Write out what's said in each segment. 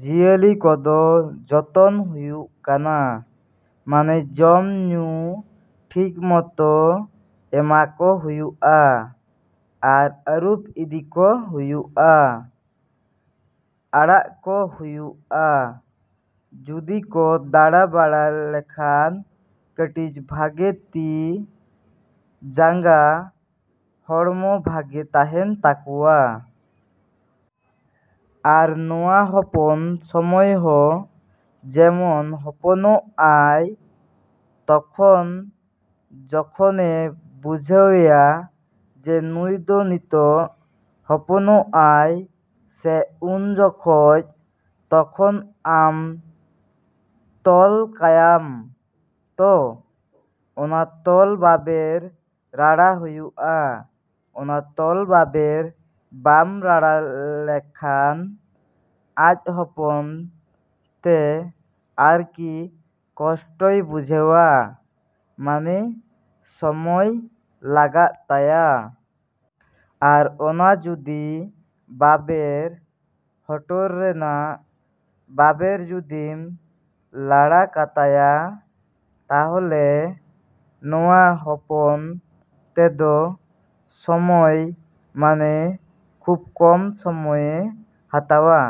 ‎ᱡᱤᱭᱟᱹᱞᱤ ᱠᱚᱫᱚ ᱡᱚᱛᱚᱱ ᱦᱩᱭᱩᱜ ᱠᱟᱱᱟ᱾ ᱢᱟᱱᱮ ᱡᱚᱢ, ᱧᱩ ᱴᱷᱤᱠ ᱢᱚᱛᱚ ᱮᱢᱟ ᱠᱚ ᱦᱩᱭᱩᱜᱼᱟ ᱟᱨ ᱟᱨᱩᱵ ᱤᱫᱤ ᱠᱚ ᱦᱩᱭᱩᱜᱼᱟ, ᱟᱲᱟᱜ ᱠᱚ ᱦᱩᱭᱩᱜᱼᱟ᱾ ᱡᱩᱫᱤ ᱠᱚ ᱫᱟᱬᱟ ᱵᱟᱲᱟ ᱞᱮᱠᱷᱟᱱ ᱠᱟᱹᱴᱤᱡ ᱵᱷᱟᱜᱮ ᱛᱤ, ᱡᱟᱸᱜᱟ ᱦᱚᱲᱢᱚ ᱵᱷᱟᱜᱮ ᱛᱟᱦᱮᱱ ᱛᱟᱠᱚᱣᱟ᱾ ᱟᱨ ᱱᱚᱣᱟ ᱦᱚᱯᱚᱱ ᱥᱚᱢᱚᱭ ᱦᱚᱸ ᱡᱮᱢᱚᱱ ᱦᱚᱯᱚᱱᱚᱜᱼᱟᱭ ᱛᱚᱠᱷᱚᱱ ᱡᱚᱠᱷᱚᱱᱮ ᱵᱩᱡᱷᱟᱹᱣᱮᱭᱟ ᱡᱮ ᱱᱩᱭ ᱫᱚ ᱱᱤᱛᱳᱜ ᱦᱚᱯᱚᱱᱚᱜᱼᱟᱭ ᱥᱮ, ᱩᱱ ᱡᱚᱠᱷᱚᱡ ᱛᱚᱠᱷᱚᱱ ᱟᱢ ᱛᱚᱞ ᱠᱟᱭᱟᱢ ᱛᱚ, ᱚᱱᱟ ᱛᱚᱞ ᱵᱟᱵᱮᱨ ᱨᱟᱲᱟ ᱦᱩᱭᱩᱜᱼᱟ᱾ ᱚᱱᱟ ᱛᱚᱞ ᱵᱟᱵᱮᱨ ᱵᱟᱢ ᱨᱟᱲᱟ ᱞᱮᱠᱷᱟᱱ ᱟᱡ ᱦᱚᱯᱚᱱ ᱛᱮ ᱟᱨᱠᱤ ᱠᱚᱥᱴᱚᱭ ᱵᱩᱡᱷᱟᱹᱣᱟ, ᱢᱟᱱᱮ ᱥᱚᱢᱚᱭ ᱞᱟᱜᱟᱜ ᱛᱟᱭᱟ᱾ ᱟᱨ ᱚᱱᱟ ᱡᱩᱫᱤ ᱵᱟᱵᱮᱨ ᱦᱚᱴᱚᱨ ᱨᱮᱱᱟᱜ ᱵᱟᱵᱮᱨ ᱡᱩᱫᱤᱢ ᱞᱟᱲᱟ ᱠᱟᱛᱟᱭᱟ ᱛᱟᱦᱞᱮ ᱱᱚᱣᱟ ᱦᱚᱯᱚᱱ ᱛᱮᱫᱚ ᱥᱚᱢᱚᱭ ᱢᱟᱱᱮ ᱠᱷᱩᱵ ᱠᱚᱢ ᱥᱚᱢᱚᱭᱮ ᱦᱟᱛᱟᱣᱟ᱾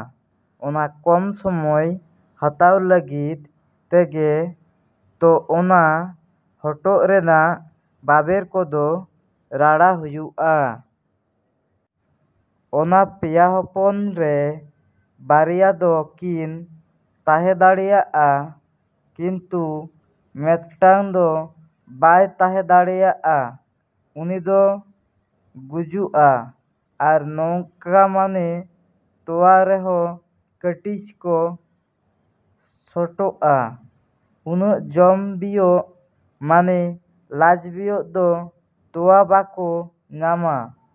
ᱚᱱᱟ ᱠᱚᱢ ᱥᱚᱢᱚᱭ ᱦᱟᱛᱟᱣ ᱞᱟᱹᱜᱤᱫ ᱛᱮᱜᱮ ᱛᱚ ᱚᱱᱟ ᱦᱚᱴᱚᱜ ᱨᱮᱱᱟᱜ ᱵᱟᱵᱮᱨ ᱠᱚᱫᱚ ᱨᱟᱲᱟ ᱦᱩᱭᱩᱜᱼᱟ᱾ ᱚᱱᱟ ᱯᱮᱭᱟ ᱦᱚᱯᱚᱱ ᱨᱮ ᱵᱟᱨᱭᱟ ᱫᱚ ᱠᱤᱱ ᱛᱟᱦᱮᱸ ᱫᱟᱲᱭᱟᱜᱼᱟ᱾ ᱠᱤᱱᱛᱩ ᱢᱮᱫᱴᱟᱝ ᱫᱚ ᱵᱟᱭ ᱛᱟᱦᱮᱸ ᱫᱟᱲᱮᱭᱟᱜᱼᱟ᱾ ᱩᱱᱤ ᱫᱚ ᱜᱩᱡᱩᱜᱼᱟ᱾ ᱟᱨ ᱱᱚᱝᱠᱟ ᱢᱟᱱᱮ ᱛᱳᱣᱟ ᱛᱮᱦᱚᱸ ᱠᱟᱹᱴᱤᱡ ᱠᱚ ᱥᱚᱴᱚᱜᱼᱟ᱾ ᱩᱱᱟᱹᱜ ᱡᱚᱢ ᱵᱤᱭᱳᱜ ᱢᱟᱱᱮ ᱞᱟᱡ ᱵᱤᱭᱳᱜ ᱫᱚ ᱛᱳᱣᱟ ᱵᱟᱠᱚ ᱧᱟᱢᱟ᱾